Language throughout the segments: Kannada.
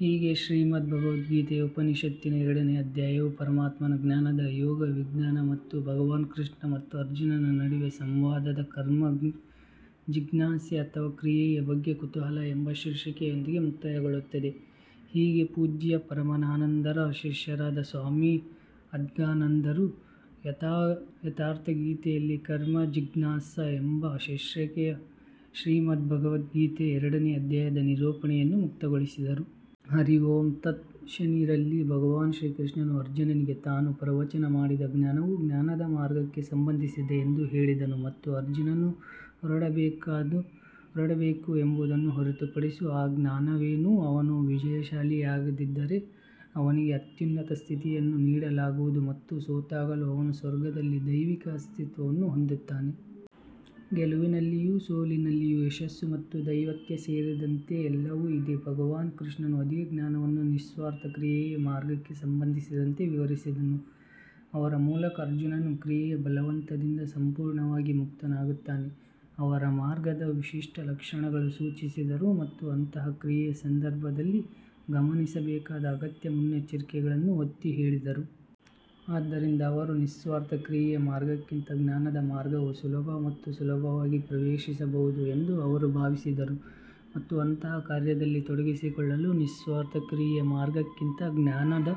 ಹೀಗೆ ಶ್ರೀಮದ್ಭಗವದ್ಗೀತೆಯ ಉಪನಿಷತ್ತಿನ ಎರಡನೇ ಅಧ್ಯಾಯವು ಪರಮಾತ್ಮನ ಜ್ಞಾನದ ಯೋಗ ವಿಜ್ಞಾನ ಮತ್ತು ಭಗವಾನ್ ಕೃಷ್ಣ ಮತ್ತು ಅರ್ಜುನನ ನಡುವಿನ ಸಂವಾದದ ಕರ್ಮ ಜಿಜ್ಞಾಸೆ ಅಥವಾ ಕ್ರಿಯೆಯ ಬಗ್ಗೆ ಕುತೂಹಲ ಎಂಬ ಶೀರ್ಷಿಕೆಯೊಂದಿಗೆ ಮುಕ್ತಾಯಗೊಳ್ಳುತ್ತದೆ. ಹೀಗೆ ಪೂಜ್ಯ ಪರಮಾನಂದರ ಶಿಷ್ಯರಾದ ಸ್ವಾಮಿ ಅದ್ಗದಾನಂದರು ಯಥಾರ್ಥಗೀತೆಯಲ್ಲಿ ಕರ್ಮ ಜಿಜ್ಞಾಸ ಎಂಬ ಶೀರ್ಷಿಕೆಯ ಶ್ರೀಮದ್ಭಗವದ್ಗೀತೆಯ ಎರಡನೇ ಅಧ್ಯಾಯದ ನಿರೂಪಣೆಯನ್ನು ಮುಕ್ತಾಯಗೊಳಿಸಿದರು. ಹರಿ ಓಂ ತತ್ ಶನಿ ರಲ್ಲಿ ಭಗವಾನ್ ಶ್ರೀಕೃಷ್ಣನು ಅರ್ಜುನನಿಗೆ ತಾನು ಪ್ರವಚನ ಮಾಡಿದ ಜ್ಞಾನವು ಜ್ಞಾನದ ಮಾರ್ಗಕ್ಕೆ ಸಂಬಂಧಿಸಿದೆ ಎಂದು ಹೇಳಿದನು. ಮತ್ತು ಅರ್ಜುನನು ಹೋರಾಡಬೇಕು ಎಂಬುದನ್ನು ಹೊರತುಪಡಿಸಿ ಆ ಜ್ಞಾನವೇನು ಅವನು ವಿಜಯಶಾಲಿಯಾಗಿದ್ದರೆ ಅವನಿಗೆ ಅತ್ಯುನ್ನತ ಸ್ಥಿತಿಯನ್ನು ನೀಡಲಾಗುವುದು ಮತ್ತು ಸೋತಾಗಲೂ ಅವನು ಸ್ವರ್ಗದಲ್ಲಿ ದೈವಿಕ ಅಸ್ತಿತ್ವವನ್ನು ಹೊಂದುತ್ತಾನೆ. ಗೆಲುವಿನಲ್ಲಿ ಸೋಲಿನಲ್ಲಿಯೂ ಯಶಸ್ಸು ಮತ್ತು ದೈವತ್ವ ಸೇರಿದಂತೆ ಎಲ್ಲವೂ ಇದೆ ಭಗವಾನ್ ಕೃಷ್ಣನು ಅದೇ ಜ್ಞಾನವನ್ನು ನಿಸ್ವಾರ್ಥ ಕ್ರಿಯೆಯ ಮಾರ್ಗಕ್ಕೆ ಸಂಬಂಧಿಸಿದಂತೆ ವಿವರಿಸಿದನು, ಅದರ ಮೂಲಕ ಅರ್ಜುನನು ಕ್ರಿಯೆಯ ಬಲವಂತದಿಂದ ಸಂಪೂರ್ಣವಾಗಿ ಮುಕ್ತನಾಗುತ್ತಾನೆ. ಅವರು ಮಾರ್ಗದ ವಿಶಿಷ್ಟ ಲಕ್ಷಣಗಳನ್ನು ಸೂಚಿಸಿದರು ಮತ್ತು ಅಂತಹ ಕ್ರಿಯೆಯ ಸಂದರ್ಭದಲ್ಲಿ ಗಮನಿಸಬೇಕಾದ ಅಗತ್ಯ ಮುನ್ನೆಚ್ಚರಿಕೆಗಳನ್ನು ಒತ್ತಿ ಹೇಳಿದರು. ಆದ್ದರಿಂದ ಅವರು ನಿಸ್ವಾರ್ಥ ಕ್ರಿಯೆಯ ಮಾರ್ಗಕ್ಕಿಂತ ಜ್ಞಾನದ ಮಾರ್ಗವು ಸುಲಭ ಮತ್ತು ಸುಲಭವಾಗಿ ಪ್ರವೇಶಿಸಬಹುದು ಎಂದು ಅವರು ಭಾವಿಸಿದರು ಮತ್ತು ಅಂತಹ ಕಾರ್ಯದಲ್ಲಿ ತೊಡಗಿಸಿಕೊಳ್ಳಲು ನಿಸ್ವಾರ್ಥ ಕ್ರಿಯೆಯ ಮಾರ್ಗಕ್ಕಿಂತ ಜ್ಞಾನದ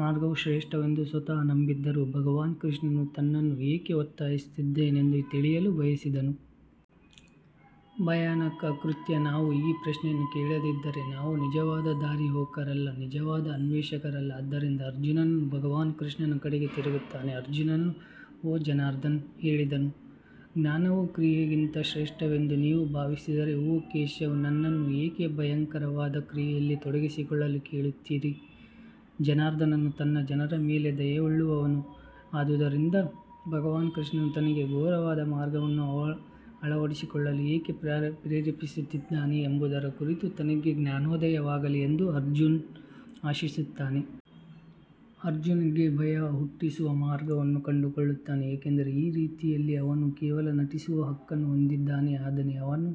ಮಾರ್ಗವು ಶ್ರೇಷ್ಠವೆಂದು ಸ್ವತಃ ನಂಬಿದ್ದರೂ ಭಗವಾನ್ ಕೃಷ್ಣನು ತನ್ನನ್ನು ಏಕೆ ಒತ್ತಾಯಿಸುತ್ತಿದ್ದಾನೆಂದು ತಿಳಿಯಲು ಬಯಸಿದನು. ಭಯಾನಕ ಕೃತ್ಯ ನಾವು ಈ ಪ್ರಶ್ನೆಯನ್ನು ಕೇಳದಿದ್ದರೆ ನಾವು ನಿಜವಾದ ದಾರಿಹೋಕರಲ್ಲ, ನಿಜವಾದ ಅನ್ವೇಷಕರಲ್ಲ ಆದ್ದರಿಂದ ಅರ್ಜುನನು ಭಗವಾನ್ ಕೃಷ್ಣನ ಕಡೆಗೆ ತಿರುಗುತ್ತಾನೆ ಅರ್ಜುನನು ಓ ಜನಾರ್ದನ್ ಹೇಳಿದನು, ಜ್ಞಾನವು ಕ್ರಿಯೆಗಿಂತ ಶ್ರೇಷ್ಠವೆಂದು ನೀವು ಭಾವಿಸಿದರೆ ಓ ಕೇಶವ್ ನನ್ನನ್ನು ಏಕೆ ಭಯಂಕರವಾದ ಕ್ರಿಯೆಯಲ್ಲಿ ತೊಡಗಿಸಿಕೊಳ್ಳಲು ಕೇಳುತ್ತೀರಿ ಜನಾರ್ದನನು ತನ್ನ ಜನರ ಮೇಲೆ ದಯೆಯುಳ್ಳವನು ಆದುದರಿಂದ ಭಗವಾನ್ ಕೃಷ್ಣನು ತನಗೆ ಘೋರವಾದ ಮಾರ್ಗವನ್ನು ಅಳವಡಿಸಿಕೊಳ್ಳಲು ಏಕೆ ಪ್ರೇರೇಪಿಸುತ್ತಿದ್ದಾನೆ ಎಂಬುದರ ಕುರಿತು ತನಗೆ ಜ್ಞಾನೋದಯವಾಗಲಿ ಎಂದು ಅರ್ಜುನ್ ಆಶಿಸುತ್ತಾನೆ. ಅರ್ಜುನ್ಗೆ ಭಯ ಹುಟ್ಟಿಸುವ ಮಾರ್ಗವನ್ನು ಕಂಡುಕೊಳ್ಳುತ್ತಾನೆ ಏಕೆಂದರೆ ಈ ರೀತಿಯಲ್ಲಿ ಅವನು ಕೇವಲ ನಟಿಸುವ ಹಕ್ಕನ್ನು ಹೊಂದಿದ್ದಾನೆ ಆದರೆ ಅವನ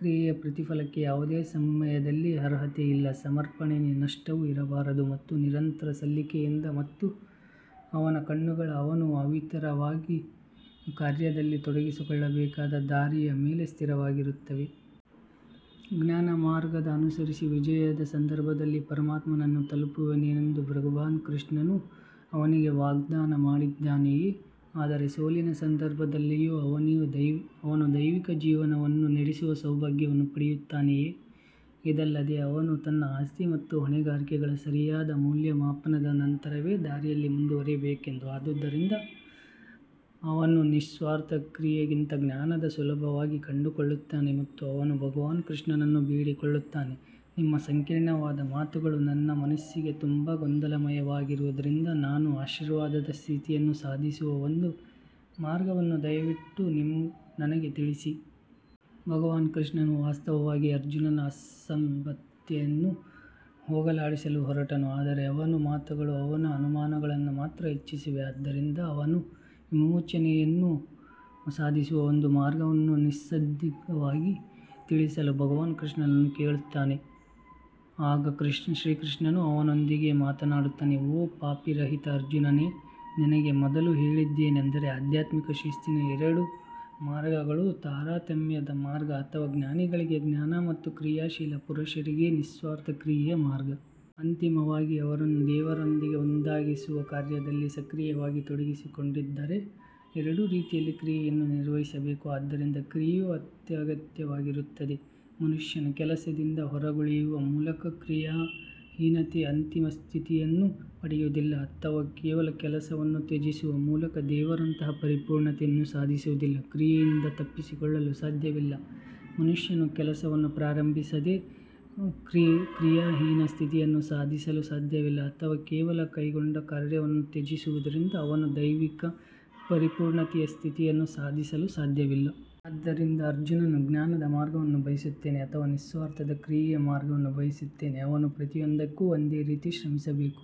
ಕ್ರಿಯೆಯ ಪ್ರತಿಫಲಕ್ಕೆ ಯಾವುದೇ ಸಮಯದಲ್ಲಿ ಅರ್ಹತೆ ಇಲ್ಲ. ಸಮರ್ಪಣೆಯ ನಷ್ಟವೂ ಇರಬಾರದು ಮತ್ತು ನಿರಂತರ ಸಲ್ಲಿಕೆಯಿಂದ ಮತ್ತು ಅವನ ಕಣ್ಣುಗಳು ಅವನು ಅವಿರತವಾಗಿ ಕಾರ್ಯದಲ್ಲಿ ತೊಡಗಿಸಿಕೊಳ್ಳಬೇಕಾದ ದಾರಿಯ ಮೇಲೆ ಸ್ಥಿರವಾಗಿರುತ್ತವೆ. ಜ್ಞಾನಮಾರ್ಗವನ್ನು ಅನುಸರಿಸಿ ವಿಜಯದ ಸಂದರ್ಭದಲ್ಲಿ ಪರಮಾತ್ಮನನ್ನು ತಲುಪುವೆನೆಂದು ಭಗವಾನ್ ಶ್ರೀಕೃಷ್ಣನು ಅವನಿಗೆ ವಾಗ್ದಾನ ಮಾಡಿದ್ದಾನೆಯೇ, ಆದರೆ ಸೋಲಿನ ಸಂದರ್ಭದಲ್ಲಿಯೂ ಅವನು ದೈವಿಕ ಜೀವನವನ್ನು ನಡೆಸುವ ಸೌಭಾಗ್ಯವನ್ನು ಪಡೆಯುತ್ತಾನೆಯೇ? ಇದಲ್ಲದೆ ಅವನು ತನ್ನ ಆಸ್ತಿ ಮತ್ತು ಹೊಣೆಗಾರಿಕೆಗಳ ಸರಿಯಾದ ಮೌಲ್ಯಮಾಪನದ ನಂತರವೇ ದಾರಿಯಲ್ಲಿ ಮುಂದುವರಿಯಬೇಕು ಆದ್ದರಿಂದ ಅವನು ನಿಸ್ವಾರ್ಥ ಕ್ರಿಯೆಗಿಂತ ಜ್ಞಾನವನ್ನು ಸುಲಭವಾಗಿ ಕಂಡುಕೊಳ್ಳುತ್ತಾನೆ ಮತ್ತು ಅವನು ಭಗವಾನ್ ಕೃಷ್ಣನನ್ನು ಬೇಡಿಕೊಳ್ಳುತ್ತಾನೆ ನಿಮ್ಮ ಸಂಕೀರ್ಣವಾದ ಮಾತುಗಳು ನನ್ನ ಮನಸ್ಸಿಗೆ ತುಂಬಾ ಗೊಂದಲಮಯವಾಗಿರುವುದರಿಂದ ನಾನು ಆಶೀರ್ವಾದದ ಸ್ಥಿತಿಯನ್ನು ಸಾಧಿಸುವ ಒಂದು ಮಾರ್ಗವನ್ನು ದಯವಿಟ್ಟು ನನಗೆ ತಿಳಿಸಿ. ಭಗವಾನ್ ಕೃಷ್ಣನು ವಾಸ್ತವವಾಗಿ ಅರ್ಜುನನ ಅಸಂಬದ್ಧತೆಯನ್ನು ಹೋಗಲಾಡಿಸಲು ಹೊರಟನು ಆದರೆ ಅವನ ಮಾತುಗಳು ಅವನ ಅನುಮಾನಗಳನ್ನು ಮಾತ್ರ ಹೆಚ್ಚಿಸಿವೆ. ಆದ್ದರಿಂದ ಅವನು ವಿಮೋಚನೆಯನ್ನು ಸಾಧಿಸುವ ಒಂದು ಮಾರ್ಗವನ್ನು ನಿಸ್ಸಂದಿಗ್ಧವಾಗಿ ತಿಳಿಸಲು ಭಗವಾನ್ ಕೃಷ್ಣನನ್ನು ಕೇಳಿಕೊಳ್ಳುತ್ತಾನೆ. ಆಗ ಶ್ರೀಕೃಷ್ಣನು ಅವನೊಂದಿಗೆ ಮಾತನಾಡುತ್ತಾನೆ ಓ ಪಾಪರಹಿತ ಅರ್ಜುನನೇ ನಿನಗೆ ಮೊದಲು ಹೇಳಿದ್ದೇನೆಂದರೆ ಆಧ್ಯಾತ್ಮಿಕ ಶಿಸ್ತಿನ ಎರಡು ಮಾರ್ಗಗಳು ತಾರತಮ್ಯದ ಮಾರ್ಗ ಅಥವಾ ಜ್ಞಾನಿಗಳಿಗೆ ಜ್ಞಾನ ಮತ್ತು ಕ್ರಿಯಾಶೀಲ ಪುರುಷರಿಗೆ ನಿಸ್ವಾರ್ಥ ಕ್ರಿಯೆಯ ಮಾರ್ಗ. ಅಂತಿಮವಾಗಿ ಅವರನ್ನು ದೇವರೊಂದಿಗೆ ಒಂದಾಗಿಸುವ ಕಾರ್ಯದಲ್ಲಿ ಸಕ್ರಿಯವಾಗಿ ತೊಡಗಿಸಿಕೊಂಡಿದ್ದಾರೆ ಎರಡೂ ರೀತಿಯಲ್ಲಿ ಕ್ರಿಯೆಯನ್ನು ನಿರ್ವಹಿಸಬೇಕು ಆದ್ದರಿಂದ ಕ್ರಿಯೆಯು ಅತ್ಯಗತ್ಯವಾಗಿರುತ್ತದೆ ಮನುಷ್ಯನು ಕೆಲಸದಿಂದ ಹೊರಗುಳಿಯುವ ಮೂಲಕ ಕ್ರಿಯಾಹೀನತೆಯ ಅಂತಿಮ ಸ್ಥಿತಿಯನ್ನು ಪಡೆಯುವುದಿಲ್ಲ ಅಥವಾ ಕೇವಲ ಕೆಲಸವನ್ನು ತ್ಯಜಿಸುವ ಮೂಲಕ ದೇವರಂತಹ ಪರಿಪೂರ್ಣತೆಯನ್ನು ಸಾಧಿಸುವುದಿಲ್ಲ. ಕ್ರಿಯೆಯಿಂದ ತಪ್ಪಿಸಿಕೊಳ್ಳಲು ಸಾಧ್ಯವಿಲ್ಲ ಮನುಷ್ಯನು ಕೆಲಸವನ್ನು ಪ್ರಾರಂಭಿಸದೆ ಕ್ರಿಯಾಹೀನ ಸ್ಥಿತಿಯನ್ನು ಸಾಧಿಸಲು ಸಾಧ್ಯವಿಲ್ಲ ಅಥವಾ ಕೇವಲ ಕೈಗೊಂಡ ಕಾರ್ಯವನ್ನು ತ್ಯಜಿಸುವುದರಿಂದ ಅವನು ದೈವಿಕ ಪರಿಪೂರ್ಣತೆಯ ಸ್ಥಿತಿಯನ್ನು ಸಾಧಿಸಲು ಸಾಧ್ಯವಿಲ್ಲ. ಆದ್ದರಿಂದ ಅರ್ಜುನನು ಜ್ಞಾನದ ಮಾರ್ಗವನ್ನು ಬಯಸುತ್ತಾನೆ ಅಥವಾ ನಿಸ್ವಾರ್ಥ ಕ್ರಿಯೆಯ ಮಾರ್ಗವನ್ನು ಬಯಸುತ್ತಾನೆ, ಅವನು ಪ್ರತಿಯೊಂದಕ್ಕೂ ಒಂದೇ ರೀತಿ ಶ್ರಮಿಸಬೇಕು.